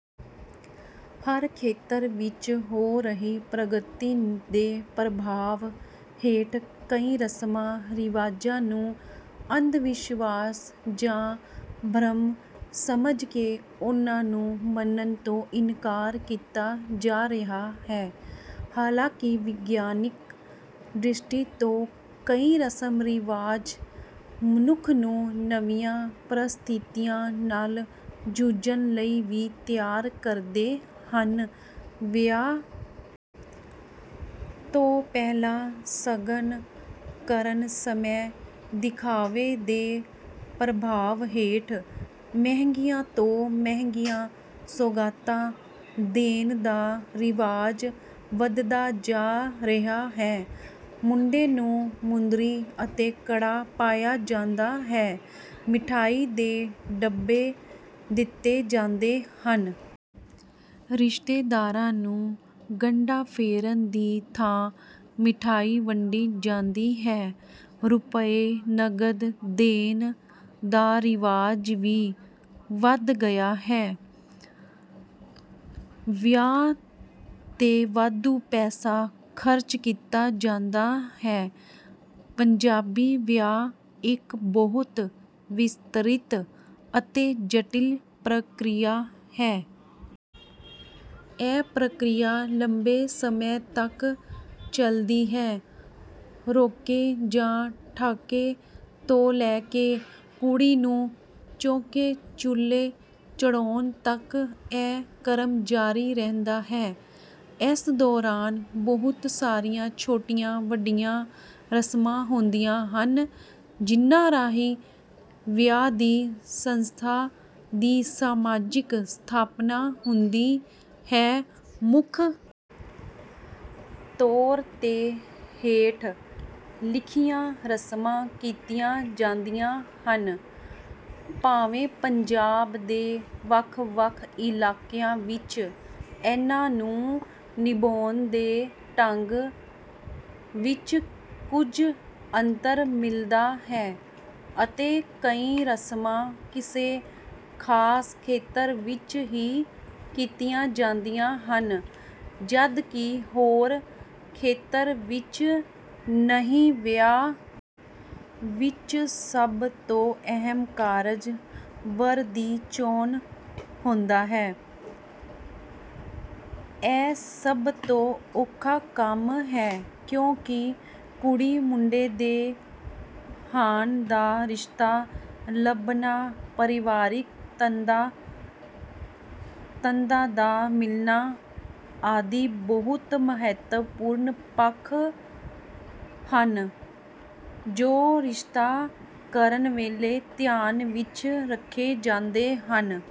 ਹਰ ਖੇਤਰ ਵਿੱਚ ਹੋ ਰਹੀ ਪ੍ਰਗਤੀ ਦੇ ਪ੍ਰਭਾਵ ਹੇਠ ਕਈ ਰਸਮ-ਰਿਵਾਜ਼ਾਂ ਨੂੰ ਅੰਧਵਿਸ਼ਵਾਸ ਜਾਂ ਭਰਮ ਸਮਝ ਕੇ ਉਹਨਾਂ ਨੂੰ ਮੰਨਣ ਤੋਂ ਇਨਕਾਰ ਕੀਤਾ ਜਾ ਰਿਹਾ ਹੈ। ਹਾਲਾਂਕਿ ਵਿਗਿਆਨਕ ਦ੍ਰਿਸ਼ਟੀ ਤੋਂ ਕਈ ਰਸਮ-ਰਿਵਾਜ਼ ਮਨੁੱਖ ਨੂੰ ਨਵੀਆਂ ਪ੍ਰਸਥਿਤੀਆਂ ਨਾਲ ਜੂਝਣ ਲਈ ਵੀ ਤਿਆਰ ਕਰਦੇ ਹਨ। ਵਿਆਹ ਤੋਂ ਪਹਿਲਾਂ ਸ਼ਗਨ ਕਰਨ ਸਮੇਂ ਦਿਖਾਵੇ ਦੇ ਪ੍ਰਭਾਵ ਹੇਠ ਮਹਿੰਗੀਆਂ ਤੋਂ ਮਹਿੰਗੀਆਂ ਸੌਗਾਤਾਂ ਦੇਣ ਦਾ ਰਿਵਾਜ ਵੱਧਦਾ ਜਾ ਰਿਹਾ ਹੈ। ਮੁੰਡੇ ਨੂੰ ਮੁੰਦਰੀ ਅਤੇ ਕੜਾ ਪਾਇਆ ਜਾਂਦਾ ਹੈ। ਮਿਠਾਈ ਦੇ ਡੱਬੇ ਦਿੱਤੇ ਜਾਂਦੇ ਹਨ। ਰਿਸ਼ਤੇਦਾਰਾਂ ਨੂੰ ਗੰਢਾ ਫੇਰਨ ਦੀ ਥਾਂ ਮਿਠਾਈ ਵੰਡੀ ਜਾਂਦੀ ਹੈ। ਰੁਪਏ ਨਕਦ ਦੇਣ ਦਾ ਰਿਵਾਜ ਵੀ ਵਧ ਗਿਆ ਹੈ। ਵਿਆਹਾਂ ’ਤੇ ਵਾਧੂ ਪੈਸਾ ਖ਼ਰਚ ਕੀਤਾ ਜਾਂਦਾ ਹੈ। ਪੰਜਾਬੀ ਵਿਆਹ ਇੱਕ ਬਹੁਤ ਵਿਸਤ੍ਰਿਤ ਅਤੇ ਜਟਿਲ ਪ੍ਰਕਿਰਿਆ ਹੈ। ਇਹ ਪ੍ਰਕਿਰਿਆ ਲੰਬੇ ਸਮੇਂ ਤੱਕ ਚੱਲਦੀ ਹੈ। ਰੋਕੇ ਜਾਂ ਠਾਕੇ ਤੋਂ ਲੈ ਕੇ ਕੁੜੀ ਨੂੰ ਚੌਂਕੇ-ਚੁੱਲ੍ਹੇ ਚੜ੍ਹਾਉਣ ਤੱਕ ਇਹ ਕ੍ਰਮ ਜਾਰੀ ਰਹਿੰਦਾ ਹੈ। ਇਸ ਦੌਰਾਨ ਬਹੁਤ ਸਾਰੀਆਂ ਛੋਟੀਆਂ-ਵੱਡੀਆਂ ਰਸਮਾਂ ਹੁੰਦੀਆਂ ਹਨ, ਜਿਨ੍ਹਾਂ ਰਾਹੀਂ ਵਿਆਹ ਦੀ ਸੰਸਥਾ ਦੀ ਸਮਾਜਿਕ ਸਥਾਪਨਾ ਹੁੰਦੀ ਹੈ। ਮੁੱਖ ਤੌਰ ’ਤੇ ਹੇਠ ਲਿਖੀਆਂ ਰਸਮਾਂ ਕੀਤੀਆਂ ਜਾਂਦੀਆਂ ਹਨ। ਭਾਵੇਂ ਪੰਜਾਬ ਦੇ ਵੱਖ-ਵੱਖ ਇਲਾਕਿਆਂ ਵਿੱਚ ਇਨ੍ਹਾਂ ਨੂੰ ਨਿਭਾਉਣ ਦੇ ਢੰਗ ਵਿੱਚ ਕੁਝ ਅੰਤਰ ਮਿਲਦਾ ਹੈ ਅਤੇ ਕਈ ਰਸਮਾਂ ਕਿਸੇ ਖ਼ਾਸ ਖੇਤਰ ਵਿੱਚ ਹੀ ਕੀਤੀਆਂ ਜਾਂਦੀਆਂ ਹਨ, ਜਦਕਿ ਹੋਰ ਖੇਤਰਾਂ ਵਿੱਚ ਨਹੀਂ। ਵਿਆਹ ਵਿੱਚ ਸਭ ਤੋਂ ਅਹਿਮ ਕਾਰਜ ਵਰ ਦੀ ਚੋਣ ਹੁੰਦਾ ਹੈ। ਇਹ ਸਭ ਤੋਂ ਔਖਾ ਕੰਮ ਹੈ, ਕਿਉਂਕਿ ਕੁੜੀ-ਮੁੰਡੇ ਦੇ ਹਾਣ ਦਾ ਰਿਸ਼ਤਾ ਲੱਭਣਾ, ਪਰਿਵਾਰਕ ਤੰਦਾਂ ਤੰਦਾਂ ਦਾ ਮਿਲਣਾ ਆਦਿ ਬਹੁਤ ਮਹੱਤਵਪੂਰਨ ਪੱਖ ਹਨ, ਜੋ ਰਿਸ਼ਤਾ ਕਰਨ ਵੇਲੇ ਧਿਆਨ ਵਿੱਚ ਰੱਖੇ ਜਾਂਦੇ ਹਨ।